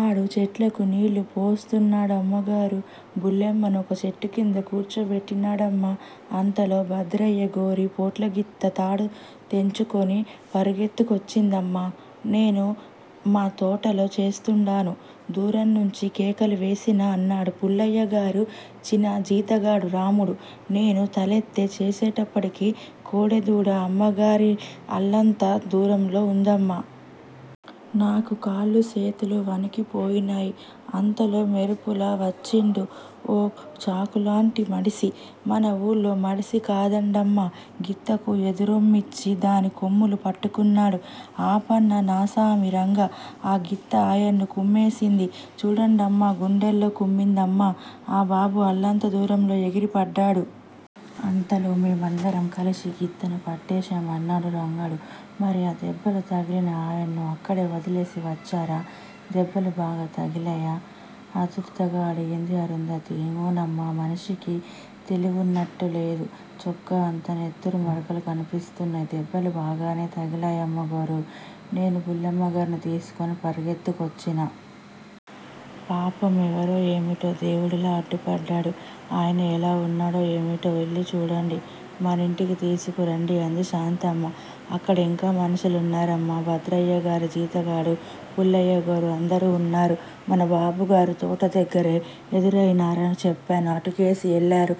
ఆడు చెట్లకు నీళ్ళు పోస్తున్నాడమ్మగారూ! బుల్లెమ్మని ఒక చెట్టుకింద కూర్చోబెట్టినాడమ్మ. అంతలో భద్రయ్యగోరి పోట్లగిత్త తాడు తెంచుకొని పరుగెత్తుకొచ్చిందమ్మ. నేను మా తోటలో చేస్తుండాను. దూరాన్నుంచి కేకలు వేసినా అన్నాడు పుల్లయ్యగారు చిన జీతగాడు రాముడు. నేను తలెత్తి చూసేటప్పటికే కోడెదూడ అమ్మాయిగారికి అల్లంత దూరంలో ఉందమ్మా! నాకు కాళ్ళు సేతులు వణికిపోయినాయ్. అంతలో మెరుపులా వచ్చిండు ఒ చాకులాంటి మడిసి. మన వూళ్ళో మడిసి కాదండమ్మా! గిత్తకు ఎదుర్రొమ్మిచ్చి దాని కొమ్ములు పట్టుకున్నాడు. ఆపన్న నాసామి రంగా ఆ గిత్త ఆయన్ను కుమ్మేసింది. చూడండమ్మా! గుండెల్లో కుమ్మిందమ్మా! ఆ బాబు అల్లంత దూరంలో ఎగిరి పడ్డాడు. అంతలో మేమందరం కలిసి గిత్తను పట్టేశాం అన్నాడు రంగడు. మరి ఆ దెబ్బలు తగిలిన ఆయన్ను అక్కడే వదిలేసి వచ్చారా? బాగా దెబ్బలు తగిలాయా? ఆదుర్దాగా అడిగింది అరుంధతి. ఏమోనమ్మా మనిషికి తెలివున్నట్టులేదు. చొక్కా అంతా నెత్తురు మరకలు కనిపిస్తున్నాయి. దెబ్బలు బాగానే తగిలాయమ్మగోరూ! నేను బుల్లెమ్మగారిని తీసుకొని పరుగెత్తుకొచ్చినా. పాపం! ఎవరో ఏమిటో! దేవుడులా అడ్డుపడ్డాడు. ఆయన ఎలా ఉన్నాడో ఏమిటో వెళ్ళి చూడండి. మనింటికి తీసుకురండి అంది శాంతమ్మ. అక్కడ ఇంకా మనుషులున్నారమ్మా! భద్రయ్యగారి జీతగాడూ పుల్లయ్యగోరూ అందరూ ఉన్నారు. మన బాబుగోరు తోట దగ్గరే ఎదురయినారు. చెప్పాను. అటుకేసి ఎల్లారు,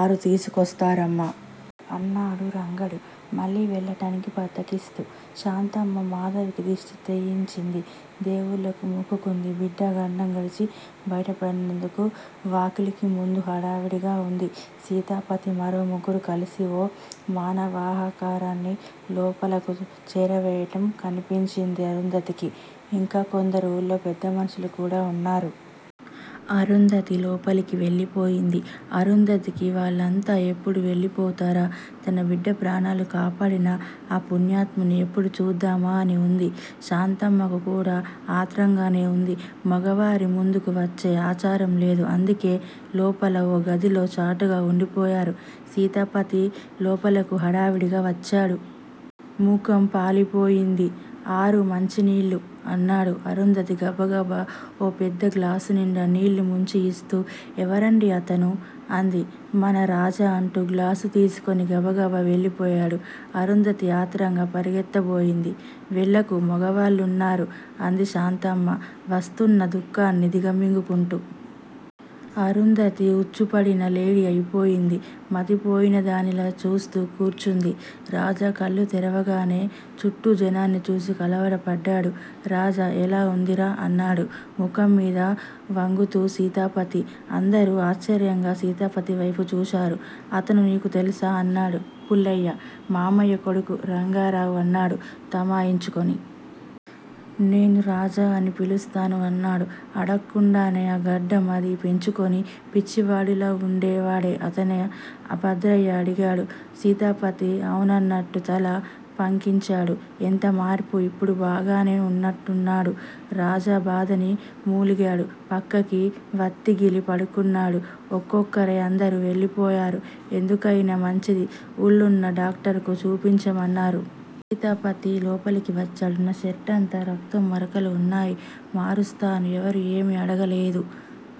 ఆరు తీసుకొస్తారమ్మా! అన్నాడు రంగడు మళ్ళీ వెళ్ళటానికి బద్ధకిస్తూ. శాంతమ్మ మాధవికి దిష్టి తీయించింది. దేవుళ్ళకు మొక్కుకుంది బిడ్డ గండం గడిచి బయటపడినందుకు. వాకిలిముందు హడావిడిగా ఉంది. సీతాపతీ మరో ముగ్గురు కలిసి ఓ మానవాకారాన్ని లోపలకు చేరవేయటం కనిపించింది అరుంధతికి. ఇంకా కొందరు ఊళ్ళో పెద్దమనుషులు కూడా ఉన్నారు. అరుంధతి లోపలకు వెళ్ళిపోయింది. అరుంధతికి వాళ్ళంతా ఎప్పుడు వెళ్ళిపోతారా, తన బిడ్డ ప్రాణాలు కాపాడిన ఆ పుణ్యాత్ముణ్ణి ఎప్పుడు చూద్దామా అని ఉంది. శాంతమ్మకుకూడా ఆత్రంగానే ఉంది. మగవారి ముందుకు వచ్చే ఆచారం లేదు. అందుకే లోపల ఓ గదిలో చాటుగా ఉండిపోయారు. సీతాపతి లోపలకు హడావిడిగా వచ్చాడు. ముఖం పాలిపోయివుంది. అరూ! మంచినీళ్ళు! అన్నాడు. అరుంధతి గబగబా ఓ పెద్ద గ్లాసునిండా నీళ్ళు ముంచి ఇస్తూ ఎవరండీ అతను? అంది. మన రాజా! అంటూ గ్లాసు తీసుకొని గబగబా వెళ్ళిపోయాడు. అరుంధతి ఆత్రంగా పరుగెత్తబోయింది. వెళ్ళకు మగవాళ్ళున్నారు అంది శాంతమ్మ వస్తున్న దుఃఖాన్ని దిగమింగుకుంటూ. అరుంధతి ఉచ్చుపడిన లేడి అయిపోయింది. మతిపోయినదానిలా చూస్తూ కూర్చుంది. రాజా కళ్ళు తెరవగానే చుట్టూ జనాన్ని చూసి కలవరపడ్డాడు. రాజా! ఎలా ఉందిరా? అన్నాడు ముఖంమీద వంగుతూ సీతాపతి. అందరూ ఆశ్చర్యంగా సీతాపతివైపు చూశారు. అతను నీకు తెలుసా? అన్నాడు పుల్లయ్య. మామయ్య కొడుకు, రంగారావు అన్నాడు తమాయించుకొని. నేను రాజా అని పిలుస్తాను అన్నాడు అడక్కుండానే. ఆ గడ్డం అదీ పెంచుకొని, పిచ్చివాడిలా వుండేవాడే అతనే? భద్రయ్య అడిగాడు. సీతాపతి ఔనన్నట్టు తల పంకించాడు. ఎంతమార్పు? ఇప్పుడు బాగానే వున్నట్లున్నాడు. రాజా బాధని మూలిగాడు. పక్కకి వత్తిగిలి పడుకున్నాడు. ఒక్కొక్కరే అందరూ వెళ్ళిపోయారు. ఎందుకయినా మంచిది, ఊళ్ళోవున్న డాక్టరుకు చూపించమన్నారు. సీతాపతి లోపలకు వచ్చాడు. నా షర్టంతా రక్తం మరకలు వున్నాయి. మారుస్తాను. ఎవరూ ఏమీ అడగలేదూ?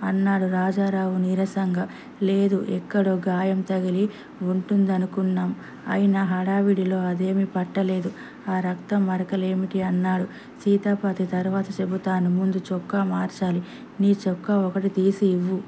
అన్నాడు రాజారావు నీరసంగా. లేదు, ఎక్కడో గాయం తగిలి వుంటుందనుకున్నాం. అయినా హడావిడిలో అదేమీ పట్టలేదు. ఆ రక్తంమరకలేమిటి? అన్నాడు సీతాపతి. తరువాత చెబుతాను. ముందు చొక్కా మార్చాలి. నీ చొక్కా ఒకటి తీసి ఇవ్వు